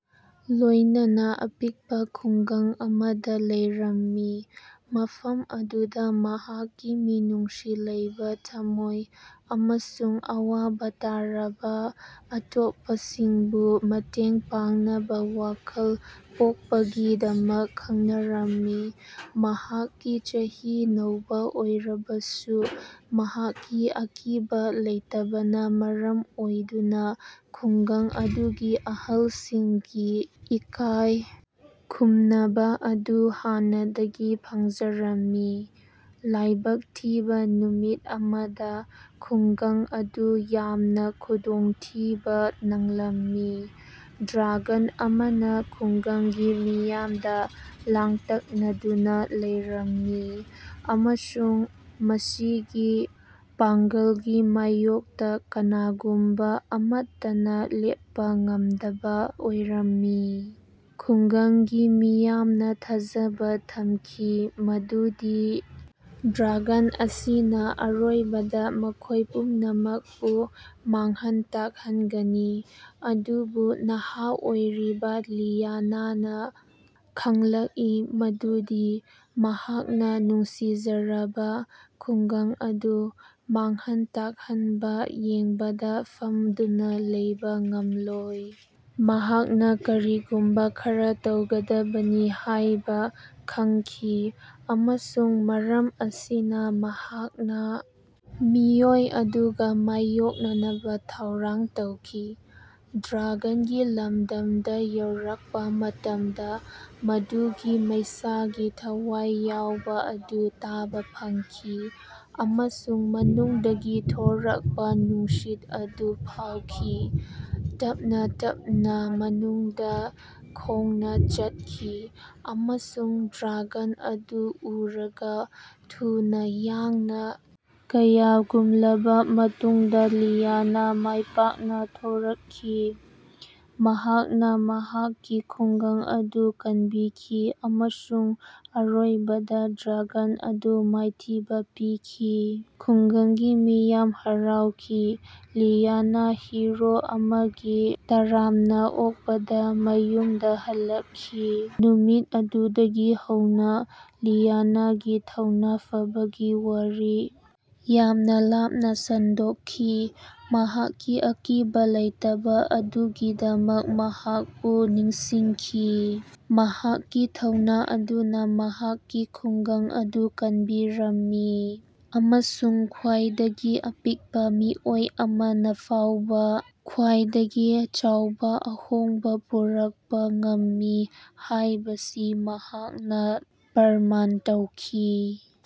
ꯂꯣꯏꯅꯅ ꯑꯄꯤꯛꯄ ꯈꯨꯡꯒꯪ ꯑꯃꯗ ꯂꯩꯔꯝꯃꯤ ꯃꯐꯝ ꯑꯗꯨꯗ ꯃꯍꯥꯛꯀꯤ ꯃꯤꯅꯨꯡꯁꯤ ꯂꯩꯕ ꯊꯝꯃꯣꯏ ꯑꯃꯁꯨꯡ ꯑꯋꯥꯕ ꯇꯥꯔꯕ ꯑꯇꯣꯞꯄꯁꯤꯡꯕꯨ ꯃꯇꯦꯡ ꯄꯥꯡꯅꯕ ꯋꯥꯈꯜ ꯄꯣꯛꯄꯒꯤꯗꯃꯛ ꯈꯪꯅꯔꯝꯃꯤ꯫ ꯃꯍꯥꯛꯀꯤ ꯆꯍꯤ ꯅꯧꯕ ꯑꯣꯏꯔꯕꯁꯨ ꯃꯍꯥꯛꯀꯤ ꯑꯀꯤꯕ ꯂꯩꯇꯕꯅ ꯃꯔꯝ ꯑꯣꯏꯗꯨꯅ ꯈꯨꯡꯒꯪ ꯑꯗꯨꯒꯤ ꯑꯍꯜꯁꯤꯡꯒꯤ ꯏꯀꯥꯏ ꯈꯨꯝꯅꯕ ꯑꯗꯨ ꯍꯥꯟꯅꯗꯒꯤ ꯐꯪꯖꯔꯝꯃꯤ꯫ ꯂꯥꯏꯕꯛ ꯊꯤꯕ ꯅꯨꯃꯤꯠ ꯑꯃꯗ ꯈꯨꯡꯒꯪ ꯑꯗꯨ ꯌꯥꯝꯅ ꯈꯨꯗꯣꯡꯊꯤꯕ ꯅꯪꯂꯝꯃꯤ꯫ ꯗ꯭ꯔꯒꯟ ꯑꯃꯅ ꯈꯨꯡꯒꯪꯒꯤ ꯃꯤꯌꯥꯝꯗ ꯂꯥꯡꯇꯛꯅꯗꯨꯅ ꯂꯩꯔꯝꯃꯤ ꯑꯃꯁꯨꯡ ꯃꯁꯤꯒꯤ ꯄꯥꯡꯒꯜꯒꯤ ꯃꯥꯌꯣꯛꯇ ꯀꯅꯥꯒꯨꯝꯕ ꯑꯃꯠꯇꯅ ꯂꯦꯞꯄ ꯉꯝꯗꯕ ꯑꯣꯏꯔꯝꯃꯤ꯫ ꯈꯨꯡꯒꯪꯒꯤ ꯃꯤꯌꯥꯝꯅ ꯊꯥꯖꯕ ꯊꯝꯈꯤ ꯃꯗꯨꯗꯤ ꯗ꯭ꯔꯒꯟ ꯑꯁꯤꯅ ꯑꯔꯣꯏꯕꯗ ꯃꯈꯣꯏ ꯄꯨꯝꯅꯃꯛꯄꯨ ꯃꯥꯡꯍꯟ ꯇꯥꯛꯍꯟꯒꯅꯤ꯫ ꯑꯗꯨꯕꯨ ꯅꯍꯥ ꯑꯣꯏꯔꯤꯕ ꯂꯤꯌꯥꯅꯥꯅ ꯈꯪꯂꯛꯏ ꯃꯗꯨꯗꯤ ꯃꯍꯥꯛꯅ ꯅꯨꯡꯁꯤꯖꯔꯕ ꯈꯨꯡꯒꯪ ꯑꯗꯨ ꯃꯥꯡꯍꯟ ꯇꯥꯛꯍꯟꯕ ꯌꯦꯡꯕꯗ ꯐꯝꯗꯨꯅ ꯂꯩꯕ ꯉꯝꯂꯣꯏ꯫ ꯃꯍꯥꯛꯅ ꯀꯔꯤꯒꯨꯝꯕ ꯈꯔ ꯇꯧꯒꯗꯕꯅꯤ ꯍꯥꯏꯕ ꯈꯪꯈꯤ ꯑꯃꯁꯨꯡ ꯃꯔꯝ ꯑꯁꯤꯅ ꯃꯍꯥꯛꯅ ꯃꯤꯑꯣꯏ ꯑꯗꯨꯒ ꯃꯥꯌꯣꯛꯅꯅꯕꯥ ꯊꯧꯔꯥꯡ ꯇꯧꯈꯤ꯫ ꯗ꯭ꯔꯒꯟꯒꯤ ꯂꯝꯗꯝꯗꯨꯗ ꯌꯧꯔꯛꯄ ꯃꯇꯝꯗ ꯃꯗꯨꯒꯤ ꯃꯩꯁꯥꯒꯤ ꯊꯋꯥꯏ ꯌꯥꯎꯕ ꯑꯗꯨ ꯇꯥꯕ ꯐꯪꯈꯤ ꯑꯃꯁꯨꯡ ꯃꯅꯨꯡꯗꯒꯤ ꯊꯣꯔꯛꯄ ꯅꯨꯡꯁꯤꯠ ꯑꯗꯨ ꯐꯥꯎꯈꯤ꯫ ꯇꯞꯅ ꯇꯞꯅ ꯃꯅꯨꯡꯗ ꯈꯣꯡꯅ ꯆꯠꯈꯤ ꯑꯃꯁꯨꯡ ꯗ꯭ꯔꯒꯟ ꯑꯗꯨ ꯎꯔꯒ ꯊꯨꯅ ꯌꯥꯡꯅ ꯀꯌꯥꯒꯨꯝꯂꯕ ꯃꯇꯨꯡꯗ ꯂꯤꯌꯥꯅ ꯃꯥꯏꯄꯥꯛꯅ ꯊꯣꯔꯛꯈꯤ꯫ ꯃꯍꯥꯛꯅ ꯃꯍꯥꯛꯀꯤ ꯈꯨꯡꯒꯪ ꯑꯗꯨ ꯀꯟꯕꯤꯈꯤ ꯑꯃꯁꯨꯡ ꯑꯔꯣꯏꯕꯗ ꯗ꯭ꯔꯒꯟ ꯑꯗꯨ ꯃꯥꯏꯊꯤꯕ ꯄꯤꯈꯤ꯫ ꯈꯨꯡꯒꯪꯒꯤ ꯃꯤꯌꯥꯝ ꯍꯔꯥꯎꯈꯤ ꯂꯤꯌꯥꯅ ꯍꯤꯔꯣ ꯑꯃꯒꯤ ꯇꯔꯥꯝꯅ ꯑꯣꯛꯄꯗ ꯃꯌꯨꯝꯗ ꯍꯜꯂꯛꯈꯤ꯫ ꯅꯨꯃꯤꯠ ꯑꯗꯨꯗꯒꯤ ꯍꯧꯅ ꯂꯤꯌꯥꯅꯥꯒꯤ ꯊꯧꯅ ꯐꯕꯒꯤ ꯋꯥꯔꯤ ꯌꯥꯝꯅ ꯂꯥꯞꯅ ꯁꯟꯗꯣꯛꯈꯤ ꯃꯍꯥꯛꯀꯤ ꯑꯀꯤꯕꯥ ꯂꯩꯇꯕꯥ ꯑꯗꯨꯒꯤꯗꯃꯛ ꯃꯍꯥꯛꯄꯨ ꯅꯤꯡꯁꯤꯡꯈꯤ꯫ ꯃꯍꯥꯛꯀꯤ ꯊꯧꯅ ꯑꯗꯨꯅ ꯃꯍꯥꯛꯀꯤ ꯈꯨꯡꯒꯪ ꯑꯗꯨ ꯀꯟꯕꯤꯔꯝꯃꯤ ꯑꯃꯁꯨꯡ ꯈ꯭ꯋꯥꯏꯗꯒꯤ ꯑꯄꯤꯛꯄ ꯃꯤꯑꯣꯏ ꯑꯃꯅ ꯐꯥꯎꯕ ꯈ꯭ꯋꯥꯏꯗꯒꯤ ꯆꯥꯎꯕ ꯑꯍꯣꯡꯕ ꯄꯨꯔꯛꯄ ꯉꯝꯃꯤ ꯍꯥꯏꯕꯁꯤ ꯃꯍꯥꯛꯅ ꯄꯔꯃꯥꯟ ꯇꯧꯈꯤ꯫